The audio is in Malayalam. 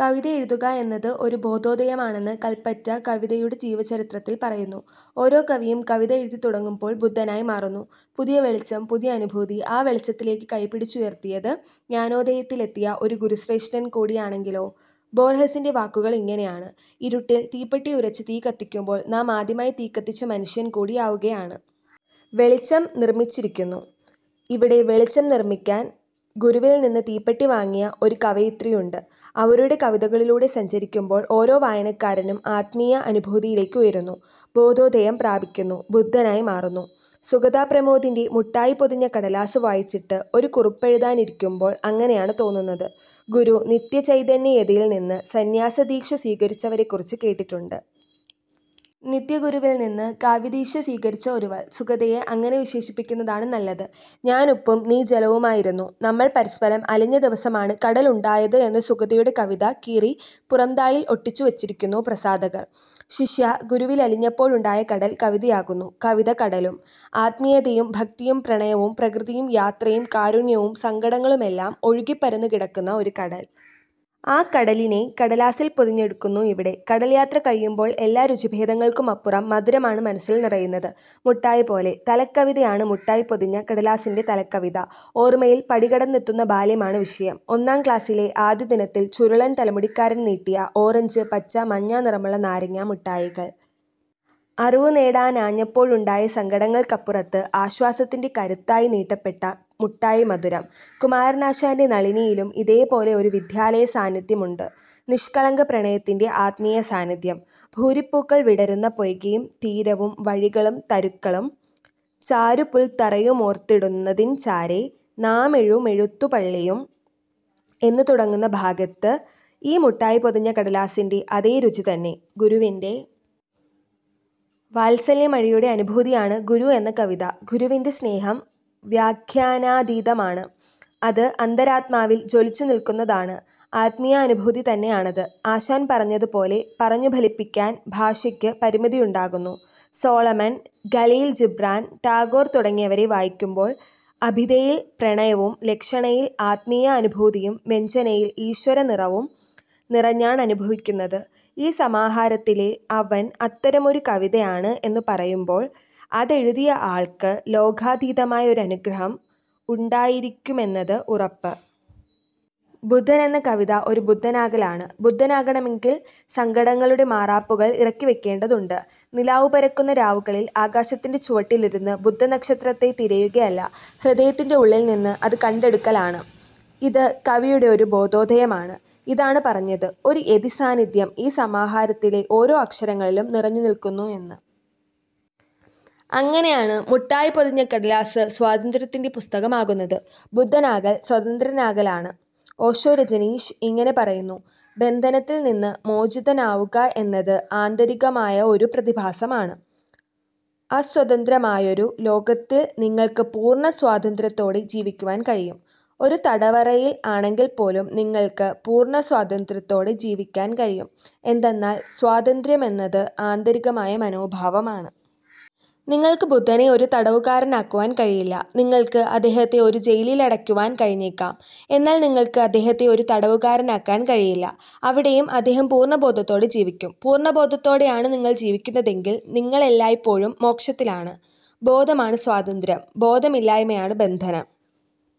കവിത എഴുതുക എന്നത് ഒരു ബോധോദയമാണെന്ന് കൽപറ്റ കവിതയുടെ ജീവചരിത്രത്തിൽ പറയുന്നു. ഓരോ കവിയും കവിത എഴുതിത്തുടങ്ങുമ്പോൾ ബുദ്ധനായി മാറുന്നു. പുതിയ വെളിച്ചം, പുതിയ അനുഭൂതി. ആ വെളിച്ചത്തിലേക്ക് കൈപിടിച്ചുയർത്തിയത് ജ്ഞാനോദയത്തിലെത്തിയ ഒരു ഗുരുശ്രേഷ്ഠൻ കൂടിയാണെങ്കിലോ. ബോർഹെസിൻ്റെ വാക്കുകൾ ഇങ്ങനെയാണ്. ഇരുട്ടിൽ തീപ്പെട്ടിയുരച്ച് തീ കത്തിക്കുമ്പോൾ നാം ആദ്യമായി തീ കത്തിച്ച മനുഷ്യൻ കൂടിയാവുകയാണ്. വെളിച്ചം നിർമിച്ചിരിക്കുന്നു. ഇവിടെ വെളിച്ചം നിർമിക്കാൻ ഗുരുവിൽനിന്ന് തീപ്പെട്ടി വാങ്ങിയ ഒരു കവയിത്രിയുണ്ട്. അവരുടെ കവിതകളിലൂടെ സഞ്ചരിക്കുമ്പോൾ ഓരോ വായനക്കാരനും ആത്മീയ അനുഭൂതിയിലേക്ക് ഉയരുന്നു, ബോധോദയം പ്രാപിക്കുന്നു, ബുദ്ധനായി മാറുന്നു. സുഗത പ്രമോദിൻ്റെ മുട്ടായി പൊതിഞ്ഞ കടലാസ് വായിച്ചിട്ട് ഒരു കുറിപ്പെഴുതാനിരിക്കുമ്പോൾ അങ്ങനെയാണ് തോന്നുന്നത്. ഗുരു നിത്യ ചൈതന്യയതിയിൽനിന്ന് സന്യാസദീക്ഷ സ്വീകരിച്ചവരെക്കുറിച്ച് കേട്ടിട്ടുണ്ട്. നിത്യഗുരുവിൽനിന്ന് കാവ്യദീക്ഷ സ്വീകരിച്ച ഒരുവൾ, സുഗതയെ അങ്ങനെ വിശേഷിപ്പിക്കുന്നതാണു നല്ലത്. ഞാൻ ഉപ്പും നീ ജലവുമായിരുന്നു. നമ്മൾ പരസ്പരം അലിഞ്ഞ ദിവസമാണ് കടൽ ഉണ്ടായത് എന്ന് സുഗതയുടെ കവിത കീറി പുറംതാളിൽ ഒട്ടിച്ചുവച്ചിരിക്കുന്നു പ്രസാധകർ. ശിഷ്യ ഗുരുവിലലിഞ്ഞപ്പോഴുണ്ടായ കടൽ കവിതയാകുന്നു. കവിത കടലും. ആത്മീയതയും ഭക്തിയും പ്രണയവും പ്രകൃതിയും യാത്രയും കാരുണ്യവും സങ്കടങ്ങളുമെല്ലാം ഒഴുകിപ്പരന്നു കിടക്കുന്ന ഒരു കടൽ. ആ കടലിനെ കടലാസിൽ പൊതിഞ്ഞെടുക്കുന്നു ഇവിടെ. കടൽയാത്ര കഴിയുമ്പോൾ എല്ലാ രുചിഭേദങ്ങൾക്കുമപ്പുറം മധുരമാണ് മനസ്സിൽ നിറയുന്നത്, മുട്ടായി പോലെ. തലക്കവിതയാണ് മുട്ടായി പൊതിഞ്ഞ കടലാസിൻ്റെ തലക്കവിത. ഓർമ്മയിൽ പടികടന്നെത്തുന്ന ബാല്യമാണ് വിഷയം. ഒന്നാം ക്ലാസിലെ ആദ്യദിനത്തിൽ ചുരുളൻ തലമുടിക്കാരൻ നീട്ടിയ ഓറഞ്ച്, പച്ച, മഞ്ഞ നിറമുള്ള നാരങ്ങ മുട്ടായികൾ. അറിവുനേടാനാഞ്ഞപ്പോഴുണ്ടായ സങ്കടങ്ങൾക്കപ്പുറത്ത് ആശ്വാസത്തിൻ്റെ കരുത്തായി നീട്ടപ്പെട്ട മുട്ടായി മധുരം. കുമാരനാശാൻ്റെ നളിനിയിലും ഇതേപോലെ ഒരു വിദ്യാലയ സാന്നിധ്യമുണ്ട്. നിഷ്കളങ്ക പ്രണയത്തിൻ്റെ ആത്മീയ സാന്നിധ്യം. ഭൂരിപൂക്കൾ വിടരുന്ന പൊയ്കയും തീരവും വഴികളും തരുക്കളും ചാരുപുൽത്തറയുമോർത്തിടുനതിൻ ചാരെ നാമെഴുമെഴുത്തുപള്ളിയും എന്ന് തുടങ്ങുന്ന ഭാഗത്തും ഈ മുട്ടായി പൊതിഞ്ഞ കടലാസിൻ്റെ അതേ രുചിതന്നെ. ഗുരുവിൻ്റെ വാത്സല്യമഴയുടെ അനുഭൂതിയാണ് ഗുരു എന്ന കവിത. ഗുരുവിൻ്റെ സ്നേഹം വ്യാഖ്യാനാതീതമാണ്. അത് അന്തരാത്മാവിൽ ജ്വലിച്ചുനിൽക്കുന്നതാണ്. ആത്മീയാനുഭൂതി തന്നെയാണത്. ആശാൻ പറയുന്നതുപോലെ പറഞ്ഞുഫലിപ്പിക്കാൻ ഭാഷയ്ക്ക് പരിമിതിയുണ്ടാകുന്നു. സോളമൻ, ഖലീൽ ജിബ്രാൻ, ടാഗോർ തുടങ്ങിയവരെ വായിക്കുമ്പോൾ അഭിധയിൽ പ്രണയവും ലക്ഷണയിൽ ആത്മീയാനുഭൂതിയും വ്യഞ്ജനയിൽ ഈശ്വരനിറവും നിറഞ്ഞാണനുഭവിക്കുന്നത്.ഈ സമാഹാരത്തിലെ അവൻ അത്തരമൊരു കവിതയാണ് എന്നു പറയുമ്പോൾ അതെഴുതിയയാൾക്ക് ലോകാതീതമായ ഒരു അനുഗ്രഹം ഉണ്ടായിരിക്കുമെന്നത് ഉറപ്പ്. ബുദ്ധൻ എന്ന കവിത ഒരു ബുദ്ധനാകലാണ്. ബുദ്ധനാകണമെങ്കിൽ സങ്കടങ്ങളുടെ മാറാപ്പുകൾ ഇറക്കിവയ്ക്കേണ്ടതുണ്ട്. നിലാവു പരക്കുന്ന രാവുകളിൽ ആകാശത്തിൻ്റെ ചുവട്ടിലിരുന്ന് ബുദ്ധനക്ഷത്രത്തെ തിരയുകയല്ല. ഹൃദയത്തിൻ്റെ ഉള്ളിൽനിന്ന് അത് കണ്ടെടുക്കലാണ്. ഇത് കവിയുടെ ഒരു ബോധോദയമാണ്. ഇതാണ് പറഞ്ഞത്, ഒരു യതിസാന്നിധ്യം ഈ സമാഹാരത്തിലെ ഓരോ അക്ഷരങ്ങളിലും നിറഞ്ഞുനിൽക്കുന്നു എന്ന്. അങ്ങനെയാണ് മുട്ടായി പൊതിഞ്ഞ കടലാസ് സ്വാതന്ത്ര്യത്തിൻ്റെ പുസ്തകമാകുന്നത്. ബുദ്ധനാകൽ സ്വതന്ത്രനാകലാണ്. ഓഷോ രജനീഷ് ഇങ്ങനെ പറയുന്നു. ബന്ധനത്തിൽനിന്ന് മോചിതനാവുക എന്നത് ആന്തരികമായ ഒരു പ്രതിഭാസമാണ്. അസ്വതന്ത്രമായൊരു ലോകത്തിൽ നിങ്ങൾക്ക് പൂർണ സ്വാതന്ത്ര്യത്തോടെ ജീവിക്കുവാൻ കഴിയും. ഒരു തടവറയിൽ ആണെങ്കിൽപ്പോലും നിങ്ങൾക്ക് പൂർണ സ്വാതന്ത്ര്യത്തോടെ ജീവിക്കാൻ കഴിയും. എന്തെന്നാൽ സ്വാതന്ത്ര്യമെന്നത് ആന്തരികമായ മനോഭാവമാണ്. നിങ്ങൾക്ക് ബുദ്ധനെ ഒരു തടവുകാരനാക്കുവാൻ കഴിയില്ല. നിങ്ങൾക്ക് അദ്ദേഹത്തെ ഒരു ജയിലിലടയ്ക്കുവാൻ കഴിഞ്ഞേക്കാം. എന്നാൽ നിങ്ങൾക്ക് അദ്ദേഹത്തെ ഒരു തടവുകാരനാക്കാൻ കഴിയില്ല. അവിടെയും അദ്ദേഹം പൂർണബോധത്തോടെ ജീവിക്കും. പൂർണബോധത്തോടെയാണ് നിങ്ങൾ ജീവിക്കുന്നതെങ്കിൽ, നിങ്ങളെല്ലായ്പ്പോഴും മോക്ഷത്തിലാണ്. ബോധമാണ് സ്വാതന്ത്ര്യം. ബോധമില്ലായ്മയാണ് ബന്ധനം.